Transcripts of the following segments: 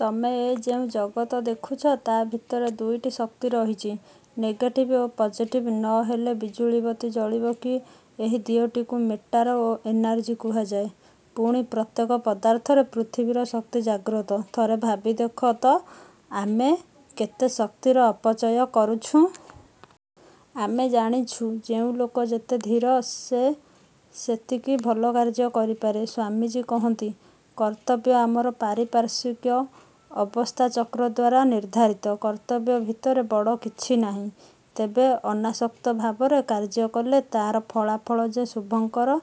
ତମେ ଏ ଯେଉଁ ଜଗତ ଦେଖୁଛ ତା' ଭିତରେ ଦୁଇଟି ଶକ୍ତି ରହିଛି। ନେଗେଟିଭ ଓ ପଜେଟିଭ ନ ହେଲେ ବିଜୁଳିବତୀ ଜଳିବ କି ଏହି ଦିଓଟିକୁ ମେଟାର ଓ ଏନାର୍ଜି କୁହାଯାଏ। ପୁଣି ପ୍ରତ୍ୟେକ ପଦାର୍ଥରେ ପୃଥିବୀର ଶକ୍ତି ଜାଗ୍ରତ। ଥରେ ଭାବି ଦେଖତ ଆମେ କେତେ ଶକ୍ତିର ଅପଚୟ କରୁଛୁଁ-। ଆମେ ଜାଣିଛୁ, ଯେଉଁ ଲୋକ ଯେତେ ଧୀର ସେ ସେତିକି ଭଲକାର୍ଯ୍ୟ କରିପାରେ। ସ୍ୱାମୀଜୀ କହନ୍ତି, କର୍ତ୍ତବ୍ୟ ଆମର ପାରିପାର୍ଶ୍ୱିକ ଅବସ୍ଥାଚକ୍ର ଦ୍ୱାରା ନିର୍ଦ୍ଧାରିତ। କର୍ତ୍ତବ୍ୟ ଭିତରେ ବଡ଼ କିଛି ନାହିଁ। ତେବେ ଅନାସକ୍ତ ଭାବରେ କାର୍ଯ୍ୟ କଲେ ତା'ର ଫଳାଫଳା ଯେ ଶୁଭଙ୍କର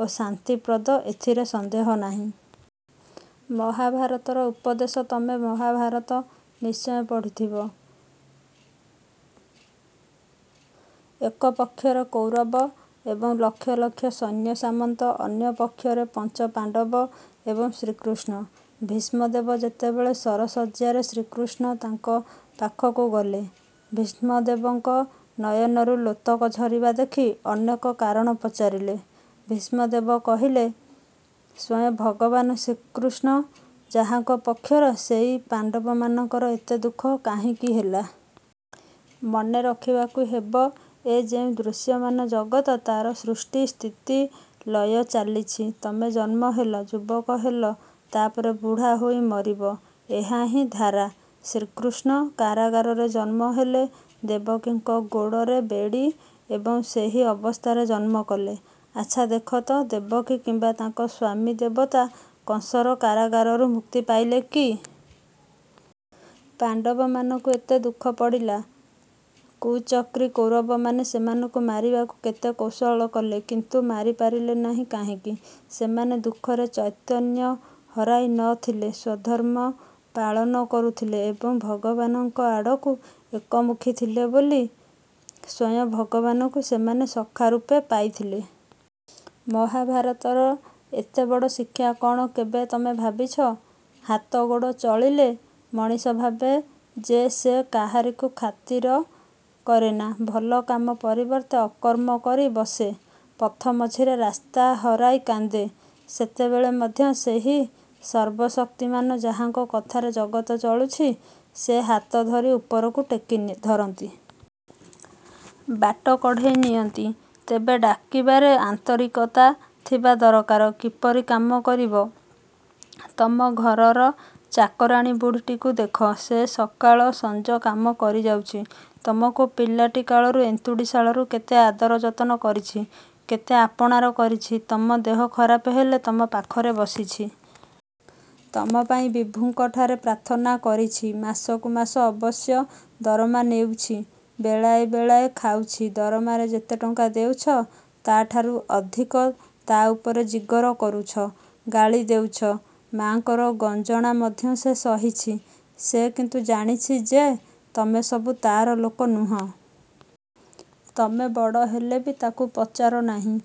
ଓ ଶାନ୍ତିପ୍ରଦ, ଏଥିରେ ସନ୍ଦେହ ନାହିଁ। ମହାଭାରତର ଉପଦେଶ ତମେ ମହାଭାରତ ନିଶ୍ଚୟ ପଢ଼ିଥିବ। ଏକ ପକ୍ଷରେ କୌରବ ଏବଂ ଲକ୍ଷ ଲକ୍ଷ ସୈନ୍ୟସାମନ୍ତ, ଅନ୍ୟପକ୍ଷରେ ପଞ୍ଚପାଣ୍ତବ, ଏବଂ ଶ୍ରୀକୃଷ୍ଣ। ଭୀଷ୍ମଦେବ ଯେତେବେଳେ ଶରଶଯ୍ୟାରେ, ଶ୍ରୀକୃଷ୍ଣ ତାଙ୍କ ପାଖକୁ ଗଲେ। ଭୀଷ୍ମଦେବଙ୍କ ନୟନରୁ ଲୋତକ ଝରିବା ଦେଖି ଅନେକେ କାରଣ ପଚାରିଲେ। ଭୀଷ୍ମଦେବ କହିଲେ-ସ୍ୱୟଂ ଭଗବାନ ଶ୍ରୀକୃଷ୍ଣ ଯାହାଙ୍କ ପକ୍ଷରେ, ସେଇ ପାଣ୍ତବମାନଙ୍କର ଏତେ ଦୁଃଖ କାହିଁକି ହେଲା? ମନେ ରଖିବାକୁ ହେବ ଏ ଯେଉଁ ଦୃଶ୍ୟମାନ ଜଗତ ତାର ସୃଷ୍ଟି-ସ୍ଥିତି-ଲୟ ଚାଲିଛି। ତମେ ଜନ୍ମ ହେଲ, ଯୁବକ ହେଲ ତା'ପରେ ବୁଢ଼ା ହୋଇ ମରିବ। ଏହାହିଁ ଧାରା। ଶ୍ରୀକୃଷ୍ଣ କାରାଗାରରେ ଜନ୍ମ ହେଲେ। ଦେବକୀଙ୍କ ଗୋଡ଼ରେ ବେଢ଼ି ଏବଂ ସେହି ଅବସ୍ଥାରେ ଜନ୍ମକଲେ। ଆଚ୍ଛା ଦେଖତ ଦେବକୀ କିମ୍ୱା ତାଙ୍କ ସ୍ୱାମୀଦେବତା କଂସର କାରାଗାରରୁ ମୁକ୍ତି ପାଇଲେ କି? ପାଣ୍ତବମାନଙ୍କୁ ଏତେ ଦୁଃଖ ପଡ଼ିଲା। କୁଚକ୍ରୀ କୌରବମାନେ ସେମାନଙ୍କୁ ମାରିବାକୁ କେତେ କୌଶଳ କଲେ କିନ୍ତୁ ମାରି ପାରିଲେ ନାହିଁ କାହିଁକି? ସେମାନେ ଦୁଃଖରେ ଚୈତନ୍ୟ ହରାଇ ନ ଥିଲେ। ସ୍ୱଧର୍ମ ପାଳନ କରୁଥିଲେ ଏବଂ ଭଗବାନଙ୍କ ଆଡ଼କୁ ଏକମୁଖୀ ଥିଲେ ବୋଲି ସ୍ୱୟଂ ଭଗବାନଙ୍କୁ ସେମାନେ ସଖା ରୂପେ ପାଇଥିଲେ। ମହାଭାରତର ଏତେବଡ଼ ଶିକ୍ଷା କ'ଣ କେବେ ତମେ ଭାବିଛ? ହାତ-ଗୋଡ଼ ଚଳିଲେ ମଣିଷଭାବେ ଯେ ସେ କାହାରିକୁ ଖାତିର କରେନା। ଭଲକାମ ପରିବର୍ତ୍ତେ ଅକର୍ମ କରି ବସେ। ପଥ ମଝିରେ ରାସ୍ତା ହରାଇ କାନ୍ଦେ। ସେତେବେଳେ ମଧ୍ୟ ସେହି ସର୍ବଶକ୍ତିମାନ ଯାହାଙ୍କ କଥାରେ ଜଗତ ଚଳୁଛି ସେ ହାତ ଧରି ଉପରକୁ ଟେକି ଧରନ୍ତି। ବାଟ କଢ଼େଇ ନିଅନ୍ତି। ତେବେ ଡାକିବାରେ ଆନ୍ତରିକତା ଥିବା ଦରକାର। କିପରି କାମ କରିବ? ତମ ଘରର ଚାକରାଣୀ ବୁଢ଼ୀଟିକୁ ଦେଖ। ସେ ସକାଳ ସଞ୍ଜ କାମ କରିଯାଉଛି। ତମକୁ ପିଲାଟି କାଳରୁ ଅନ୍ତୁଡ଼ିଶାଳରୁ କେତେ ଆଦର ଯତନ କରିଛି। କେତେ ଆପଣାର କରିଛି। ତମ ଦେହ ଖରାପ ହେଲେ ତମ ପାଖରେ ବସିଛି। ତମ ପାଇଁ ବିଭୁଙ୍କଠାରେ ପ୍ରାର୍ଥନା କରିଛି। ମାସକୁ ମାସ ଅବଶ୍ୟ ଦରମା ନେଉଛି। ବେଳାଏ ବେଳାଏ ଖାଉଛି। ଦରମାରେ ଯେତେ ଟଙ୍କା ଦେଉଛ, ତା'ଠାରୁ ଅଧିକ ତା' ଉପରେ ଜିଗର କରୁଛ। ଗାଳି ଦେଉଛ। ମା'ଙ୍କର ଗଞ୍ଜଣା ମଧ୍ୟ ସେ ସହିଛି। ସେ କିନ୍ତୁ ଜାଣିଛି ଯେ ତମେ ସବୁ ତାର ଲୋକ ନୁହଁ। ତମେ ବଡ଼ ହେଲେବି ତାକୁ ପଚାର ନାହିଁ।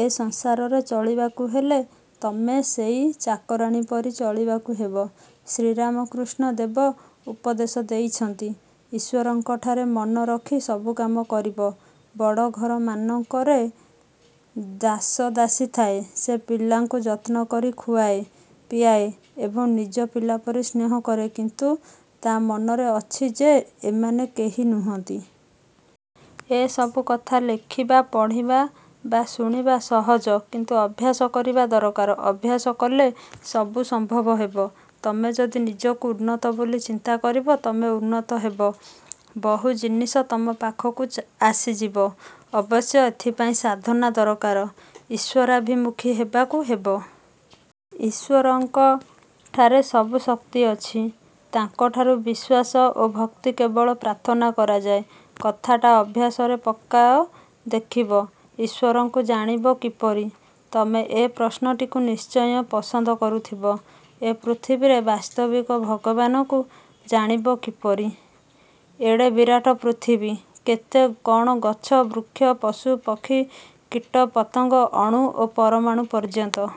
ଏ ସଂସାରରେ ଚଳିବାକୁ ହେଲେ ତମେ ସେଇ ଚାକରାଣୀ ପରି ଚଳିବାକୁ ହେବ। ଶ୍ରୀରାମକୃଷ୍ଣ ଦେବ ଉପଦେଶ ଦେଇଛନ୍ତି, ଈଶ୍ୱରଙ୍କଠାରେ ମନ ରଖି ସବୁକାମ କରିବ-। ବଡ଼ଘରମାନଙ୍କରେ ଦାସ-ଦାସୀ ଥାଏ। ସେ ପିଲାଙ୍କୁ ଯତ୍ନକରି ଖୁଆଏ, ପିଆଏ ଏବଂ ନିଜ ପିଲାପରି ସ୍ନେହ କରେ କିନ୍ତୁ ତା' ମନରେ ଅଛି ଯେ ଏମାନେ କେହି ନୁହନ୍ତି। ଏ ସବୁ କଥା ଲେଖିବା, ପଢ଼ିବା ବା ଶୁଣିବା ସହଜ କିନ୍ତୁ ଅଭ୍ୟାସ କରିବା ଦରକାର। ଅଭ୍ୟାସ କଲେ ସବୁ ସମ୍ଭବ ହେବ। ତମେ ଯଦି ନିଜକୁ ଉନ୍ନତ ବୋଲି ଚିନ୍ତା କରିବ, ତମେ ଉନ୍ନତ ହେବ। ବହୁ ଜିନିଷ ତମ ପାଖକୁ ଆସିଯିବ। ଅବଶ୍ୟ ଏଥିପାଇଁ ସାଧନା ଦରକାର-ଈଶ୍ୱରାଭିମୁଖୀ ହେବାକୁ ହେବ। ଈଶ୍ୱରଙ୍କଠାରେ ସବୁ ଶକ୍ତି ଅଛି। ତାଙ୍କଠାରୁ ବିଶ୍ୱାସ ଓ ଭକ୍ତି କେବଳ ପ୍ରାର୍ଥନା କରାଯାଏ। କଥାଟା ଅଭ୍ୟାସରେ ପକାଅ ଦେଖିବ! ଈଶ୍ୱରଙ୍କୁ ଜାଣିବ କିପରି? ତମେ ଏ ପ୍ରଶ୍ନଟିକୁ ନିଶ୍ଚୟ ପସନ୍ଦ କରୁଥିବ। ଏ ପୃଥିବୀରେ ବାସ୍ତବିକ ଭଗବାନଙ୍କୁ ଜାଣିବ କିପରି? ଏଡ଼େ ବିରାଟ ପୃଥିବୀ। କେତେ କଣ ଗଛ-ବୃଚ୍ଛ, ପଶୁ-ପକ୍ଷୀ, କୀଟ-ପତଙ୍ଗ ଅଣୁ ଓ ପରମାଣୁ ପର୍ଯ୍ୟନ୍ତ।